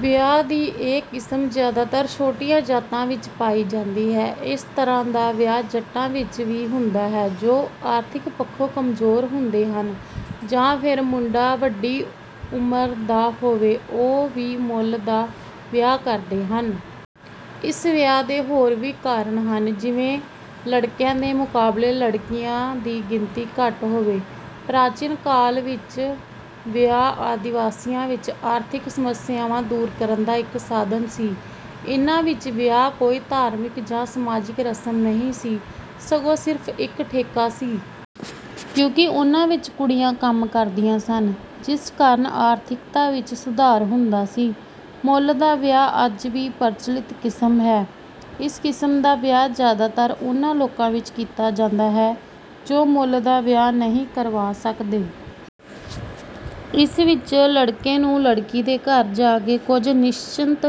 ਵਿਆਹ ਦੀ ਇਹ ਕਿਸਮ ਜ਼ਿਆਦਾਤਰ ਛੋਟੀਆਂ ਜਾਤਾਂ ਵਿੱਚ ਪਾਈ ਜਾਂਦੀ ਹੈ। ਇਸ ਤਰ੍ਹਾਂ ਦਾ ਵਿਆਹ ਜੱਟਾਂ ਵਿੱਚ ਵੀ ਹੁੰਦਾ ਹੈ। ਜੋ ਆਰਥਿਕ ਪੱਖੋਂ ਕਮਜ਼ੋਰ ਹੁੰਦੇ ਹਨ ਜਾਂ ਫਿਰ ਮੁੰਡਾ ਵੱਡੀ ਉਮਰ ਦਾ ਹੋਵੇ ਉਹ ਵੀ ਮੁੱਲ ਦਾ ਵਿਆਹ ਕਰਦੇ ਹਨ। ਇਸ ਵਿਆਹ ਦੇ ਹੋਰ ਵੀ ਕਾਰਨ ਹਨ ਜਿਵੇਂ ਲੜਕਿਆਂ ਦੇ ਮੁਕਾਬਲੇ ਲੜਕੀਆਂ ਦੀ ਗਿਣਤੀ ਘੱਟ ਹੋਵੇ। ਪ੍ਰਾਚੀਨ ਕਾਲ ਵਿੱਚ ਵਿਆਹ ਆਦਿਵਾਸੀਆਂ ਵਿੱਚ ਆਰਥਿਕ ਸਮੱਸਿਆਵਾਂ ਦੂਰ ਕਰਨ ਦਾ ਇੱਕ ਸਾਧਨ ਸੀ। ਇਹਨਾਂ ਵਿੱਚ ਵਿਆਹ ਕੋਈ ਧਾਰਮਿਕ ਜਾਂ ਸਮਾਜਿਕ ਰਸਮ ਨਹੀਂ ਸਗੋਂ ਸਿਰਫ਼ ਇੱਕ ਠੇਕਾ ਸੀ। ਕਿਉਂਕਿ ਉਹਨਾਂ ਵਿੱਚ ਕੁੜੀਆਂ ਕੰਮ ਕਰਦੀਆਂ ਸਨ ਜਿਸ ਕਾਰਨ ਆਰਥਿਕਤਾ ਵਿੱਚ ਸੁਧਾਰ ਹੁੰਦਾ ਸੀ। ਮੁੱਲ ਦਾ ਵਿਆਹ ਅੱਜ ਵੀ ਪ੍ਰਚਲਿਤ ਕਿਸਮ ਹੈ। ਇਸ ਕਿਸਮ ਦਾ ਵਿਆਹ ਜ਼ਿਆਦਾਤਰ ਉਹਨਾਂ ਲੋਕਾਂ ਵਿੱਚ ਕੀਤਾ ਜਾਂਦਾ ਹੈ ਜੋ ਮੁੱਲ ਦਾ ਵਿਆਹ ਨਹੀਂ ਕਰਵਾ ਸਕਦੇ। ਇਸ ਵਿੱਚ ਲੜਕੇ ਨੂੰ ਲੜਕੀ ਦੇ ਘਰ ਜਾ ਕੇ ਕੁਝ ਨਿਸ਼ਚਿਤ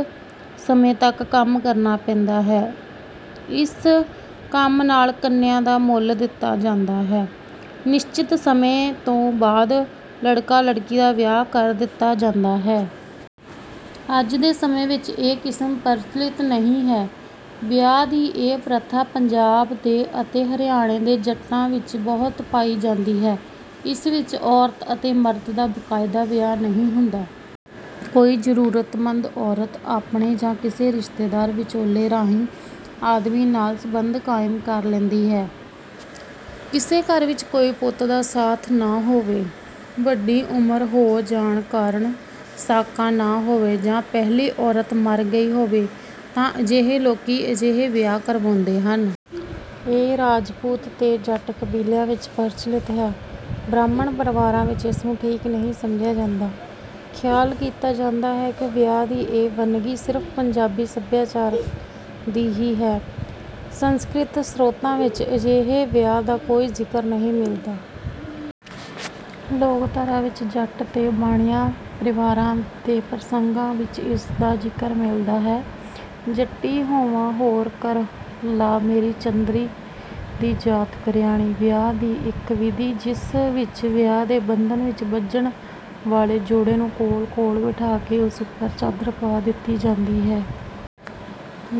ਸਮੇਂ ਤੱਕ ਕੰਮ ਕਰਨਾ ਪੈਂਦਾ ਹੈ। ਇਸ ਕੰਮ ਨਾਲ ਕੰਨਿਆ ਦਾ ਮੁੱਲ ਦਿੱਤਾ ਜਾਂਦਾ ਹੈ। ਨਿਸ਼ਚਿਤ ਸਮੇਂ ਤੋਂ ਬਾਅਦ ਲੜਕਾ ਲੜਕੀ ਦਾ ਵਿਆਹ ਕਰ ਦਿੱਤਾ ਜਾਂਦਾ ਹੈ। ਅੱਜ ਦੇ ਸਮੇਂ ਵਿੱਚ ਇਹ ਕਿਸਮ ਪ੍ਰਚਲਿਤ ਨਹੀਂ ਹੈ। ਵਿਆਹ ਦੀ ਇਹ ਪ੍ਰਥਾ ਪੰਜਾਬ ਦੇ ਅਤੇ ਹਰਿਆਣੇ ਦੇ ਜੱਟਾਂ ਵਿੱਚ ਬਹੁਤ ਜ਼ਿਆਦਾ ਪਾਈ ਜਾਂਦੀ ਹੈ। ਇਸ ਵਿੱਚ ਔਰਤ ਅਤੇ ਮਰਦ ਦਾ ਬਕਾਇਦਾ ਵਿਆਹ ਨਹੀਂ ਹੁੰਦਾ। ਕੋਈ ਜ਼ਰੂਰਤਮੰਦ ਔਰਤ ਆਪਣੇ ਜਾਂ ਕਿਸੇ ਰਿਸ਼ਤੇਦਾਰ ਵਿਚੋਲੇ ਰਾਹੀਂ ਆਦਮੀ ਨਾਲ ਸਬੰਧ ਕਾਇਮ ਕਰ ਲੈਂਦੀ ਹੈ। ਕਿਸੇ ਘਰ ਵਿੱਚ ਕੋਈ ਪੁੱਤ ਦਾ ਸਾਥ ਨਾ ਹੋਵੇ, ਵੱਡੀ ਉਮਰ ਹੋ ਜਾਣ ਕਾਰਨ ਸਾਕਾ ਨਾ ਹੋਵੇ ਜਾਂ ਪਹਿਲੀ ਔਰਤ ਮਰ ਗਈ ਹੋਵੇ ਤਾਂ ਅਜਿਹੇ ਲੋਕੀ ਅਜਿਹੇ ਵਿਆਹ ਕਰਵਾਉਂਦੇ ਹਨ। ਇਹ ਰਾਜਪੂਤ ਤੇ ਜੱਟ ਕਬੀਲਿਆਂ ਵਿੱਚ ਪ੍ਰਚਲਿਤ ਹੈ। ਬ੍ਰਾਹਮਣ ਪਰਿਵਾਰਾਂ ਵਿੱਚ ਇਸ ਨੂੰ ਠੀਕ ਨਹੀਂ ਸਮਝਿਆ ਜਾਂਦਾ। ਖਿਆਲ ਕੀਤਾ ਜਾਂਦਾ ਹੈ ਕਿ ਵਿਆਹ ਦੀ ਇਹ ਵੰਨਗੀ ਸਿਰਫ਼ ਪੰਜਾਬੀ ਸੱਭਿਆਚਾਰ ਦੀ ਹੀ ਹੈ। ਸੰਸਕ੍ਰਿਤ ਸਰੋਤਾਂ ਵਿੱਚ ਅਜਿਹੇ ਵਿਆਹ ਦਾ ਕੋਈ ਜ਼ਿਕਰ ਨਹੀਂ ਮਿਲਦਾ। ਲੋਕਧਾਰਾ ਵਿੱਚ ਜੱਟ ਤੇ ਬਾਣੀਆਂ ਪਰਿਵਾਰਾਂ ਦੇ ਪ੍ਰਸੰਗਾਂ ਵਿੱਚ ਇਸ ਦਾ ਜ਼ਿਕਰ ਮਿਲਦਾ ਹੈ: ਜੱਟੀ ਹੋਵਾਂ ਹੋਰ ਕਰ ਲਾਂ, ਮੇਰੀ ਚੰਦਰੀ ਦੀ ਜਾਤ ਕਰਿਆਣੀ। ਵਿਆਹ ਦੀ ਇੱਕ ਵਿਧੀ, ਜਿਸ ਵਿੱਚ ਵਿਆਹ ਦੇ ਬੰਧਨ ਵਿੱਚ ਬੱਝਣ ਵਾਲੇ ਜੋੜੇ ਨੂੰ ਕੋਲ-ਕੋਲ ਬਿਠਾ ਕੇ ਉੱਪਰ ਚਾਦਰ ਪਾ ਦਿੱਤੀ ਜਾਂਦੀ ਹੈ।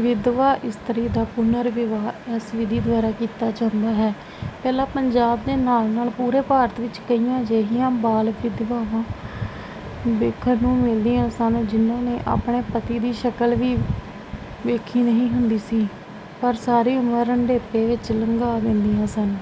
ਵਿਧਵਾ ਇਸਤਰੀ ਦਾ ਪੁਨਰ ਵਿਆਹ ਇਸ ਵਿਧੀ ਦੁਆਰਾ ਕੀਤਾ ਜਾਂਦਾ ਹੈ। ਪਹਿਲਾਂ ਪੰਜਾਬ ਦੇ ਨਾਲ-ਨਾਲ ਪੂਰੇ ਭਾਰਤ ਵਿੱਚ ਕਈ ਅਜਿਹੀਆਂ ਬਾਲ ਵਿਧਵਾਵਾਂ ਵੇਖਣ ਨੂੰ ਮਿਲਦੀਆਂ ਸਨ ਜਿਨ੍ਹਾਂ ਨੇ ਆਪਣੇ ਪਤੀ ਦੀ ਸ਼ਕਲ ਵੀ ਵੇਖੀ ਨਹੀਂ ਹੁੰਦੀ ਸੀ ਪਰ ਸਾਰੀ ਉਮਰ ਰੰਡੇਪੇ ਵਿੱਚ ਲੰਘਾ ਦਿੰਦੀਆਂ ਸਨ।